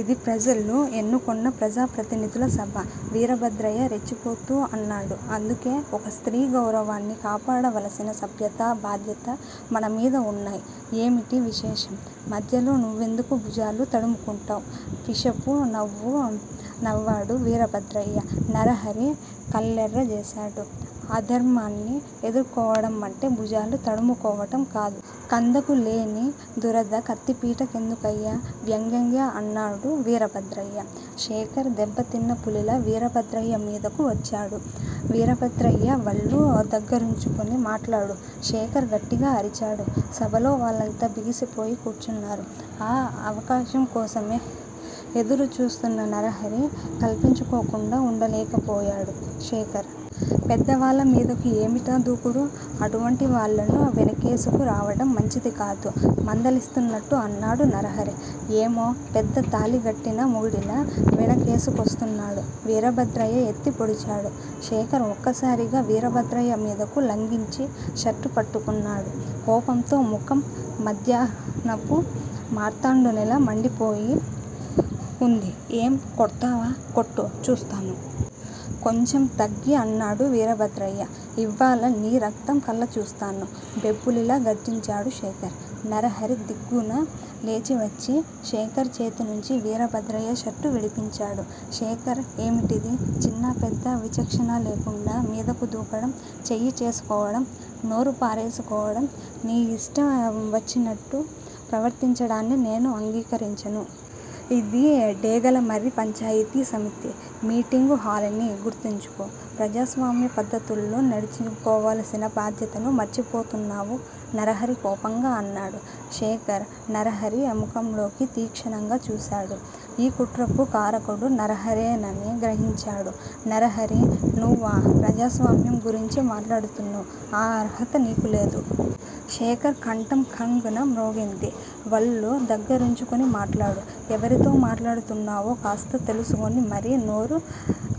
ఇది ప్రజలు ఎన్నుకొన్న ప్రజా ప్రతినిధుల సభ! వీరభద్రయ్య రెచ్చిపోతూ అన్నాడు. అందుకే ఒక స్త్రీ గౌరవాన్ని కాపాడవలసిన సభ్యతా, బాధ్యతా మన మీద వున్నాయ్! ఏమిటి విశేషం! మధ్యలో నువ్వెందుకు భుజాలు తడుముకుంటావ్! విషపు నవ్వు నవ్వాడు వీరభద్రయ్య, నరహరి కళ్ళెర్రజేశాడు. అధర్మాన్ని ఎదుర్కోవడం అంటే భుజాలు తడుము కోవటంకాదు. కందకు లేని దురద కత్తిపీట కెందుకయ్యా? వ్యంగ్యంగా అన్నాడు వీరభద్రయ్య. శేఖర్ దెబ్బతిన్న పులిలా వీరభద్రయ్య మీదకు వచ్చాడు. వీరభద్రయ్యా! వళ్ళు దగ్గరుంచుకొని మాట్లాడు! శేఖర్ గట్టిగా అరిచాడు. సభలో వాళ్ళంతా బిగిసిపోయి కూర్చున్నారు. ఆ అవకాశం కోసమే ఎదురుచూస్తున్న నరహరి కల్పించుకోకుండా వుండలేకపోయాడు. శేఖర్! పెద్దవాళ్ళమీదకు ఏమిటా దూకుడు? అటువంటివాళ్ళను వెనకేసుకు రావడం మంచిదికాదు మందలిస్తున్నట్టు అన్నాడు నరహరి. ఏమో పెద్ద తాళిగట్టిన మొగుడిలా వెనకేసుకొస్తున్నాడు! వీరభద్రయ్య ఎత్తి పొడిచాడు. శేఖర్ ఒక్కసారిగా వీరభద్రయ్యమీదకు లంఘించి షర్టు పట్టుకున్నాడు. కోపంతో ముఖం మధ్యాహ్నపు మార్తాండునిలా మండిపోతూ వుంది. ఏం? కొడ్తావా? కొట్టు చూస్తాను? కొంచెం తగ్గి అన్నాడు వీరభద్రయ్య. ఇవ్వాళ నీ రక్తం కళ్ళచూస్తాను! బెబ్బులిలా గర్జించాడు శేఖర్! నరహరి దిగ్గున లేచివచ్చి శేఖర్ చేతినుంచి వీరభద్రయ్య షర్టు విడిపించాడు. శేఖర్ ఏమిటిది? చిన్నా పెద్దా విచక్షణలేకుండా మీదకు దూకడం, చెయ్యి చేసుకోవడం, నోరు పారేసుకోవడం. నీ యిష్టం వచ్చినట్టు ప్రవర్తించడాన్ని నేను అంగీకరించను. ఇది డేగలమర్రి పంచాయితీ సమితి మీటింగు హాలని గుర్తించుకో! ప్రజాస్వామ్య పద్ధతుల్లో నడుచుకోవలసిన బాధ్యతను మర్చిపోతున్నావు నరహరి కోపంగా అన్నాడు. శేఖర్ నరహరి ముఖంలోకి తీక్షణంగా చూశాడు. ఈ కుట్రకు కారకుడు నరహరేనని గ్రహించాడు. నరహరీ! నువ్వా ప్రజాస్వామ్యం గురించి మాట్లాడుతున్నావ్? ఆ అర్హత నీకు లేదు! శేఖర్ కంఠం ఖంగ్ న మ్రోగింది. వళ్ళు దగ్గరుంచుకొని మాట్లాడు. ఎవరితో మాట్లాడుతున్నావో కాస్త తెలుసుకొని మరీ నోరు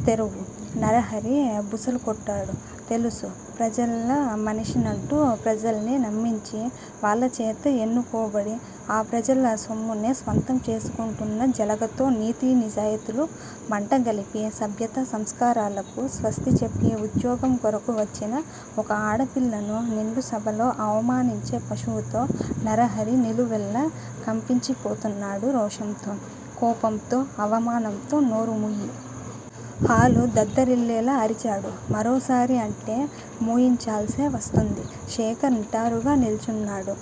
తెరువు! నరహరి బుసలు కొట్టాడు. తెలుసు! ప్రజలమనిషినంటూ ప్రజల్ని నమ్మించి వాళ్ళచేత ఎన్నుకోబడి, ఆ ప్రజల సొమ్మునే స్వంతం చేసుకుంటున్న జెలగతో నీతి నిజాయితీలు మంటగలిపి సభ్యతా సంస్కారాలకు స్వస్తి చెప్పి ఉద్యోగంకొరకు వచ్చిన ఒక ఆడపిల్లను నిండు సభలో అవమానించే పశువుతో నరహరి నిలువెల్లా కంపించిపోతున్నాడు రోషంతో, కోపంతో అవమానంతో నోరుముయ్యి! హాలు దద్దరిల్లేలా అరిచాడు. మరోసారి అంటే మూయించాల్సే వస్తుంది! శేఖర్ నిటారుగా నిల్చున్నాడు.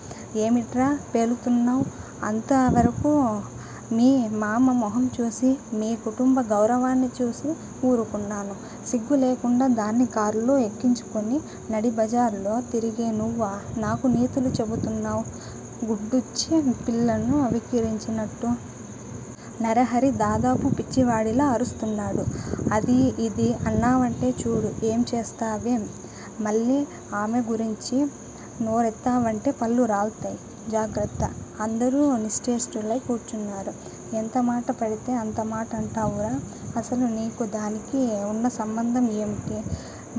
ఏమిట్రా పేలుతున్నావ్? అంతవరకూ మీ మామ మొహంచూసీ, మీ కుటుంబ గౌరవాన్నిచూసీ ఊరుకున్నాను. సిగ్గులేకుండా దాన్ని కార్లో ఎక్కించుకుని నడిబజార్లో తిరిగే నువ్వా నాకు నీతులు నేర్పిస్తున్నావ్. గుడ్డొచ్చి పిల్లను వెక్కిరించినట్టు? నరహరి దాదాపు పిచ్చివాడిలా అరుస్తున్నాడు. అదీ ఇదీ అన్నావంటే చూడు ఏంచేస్తా వేం? మళ్ళీ ఆమెనుగురించి నోరెత్తావంటే పళ్ళు రాల్తాయ్! జాగ్రత్త! అందరూ నిశ్చేష్టులై కూర్చున్నారు. ఎంతమాట పడితే అంత మాటంటావురా? అసలు నీకూ దానికి వున్న సంబంధం ఏమిటి?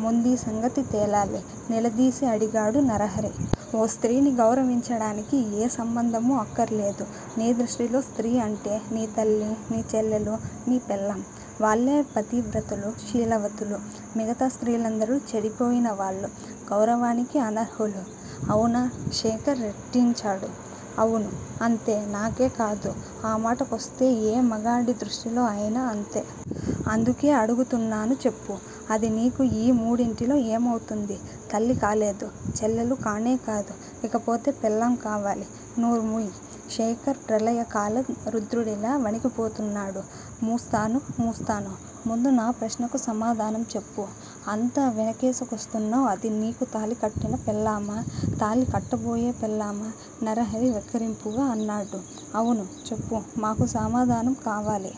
ముందీసంగతి తేలాలి? నిలదీసి అడిగాడు నరహరి. ఒక స్త్రీని గౌరవించడానికి ఏ సంబంధమూ అక్కర్లేదు. నీ దృష్టిలో స్త్రీ అంటే, నీ తల్లీ, నీ చెల్లెలూ, నీ పెళ్ళాం. వాళ్ళే పతివ్రతలు శీలవతులు, మిగతా స్త్రీలందరూ చెడిపోయినవాళ్ళు. గౌరవానికి అనర్హులు. అవునా! శేఖర్ రెట్టించాడు. అవును! అంతే! నాకేకాదు ఆమాటకొస్తే ఏ మగాడి దృష్టిలో ఐనా అంతే. అందుకే అడుగుతున్నాను చెప్పు! అది నీకు ఈ మూడింటిలో ఏమౌతుంది? తల్లి కాలేదు. చెల్లెలు కానేకాదు. ఇక పోతే పెళ్ళాం కావాలి! నోరు ముయ్! శేఖర్ ప్రళయకాల రుద్రుడిలా వణికిపోతున్నాడు. మూస్తాను! మూస్తాను! ముందు నా ప్రశ్నకు సమాధానం చెప్పు! అంత వెనకేసుకొస్తున్నావ్ అది నీకు తాళికట్టిన పెళ్ళామా తాళి కట్టబోయే పెళ్ళామా! నరహరి వెక్కిరింపుగా అన్నాడు. అవును! చెప్పు! మాకు సమాధానం కావాలి!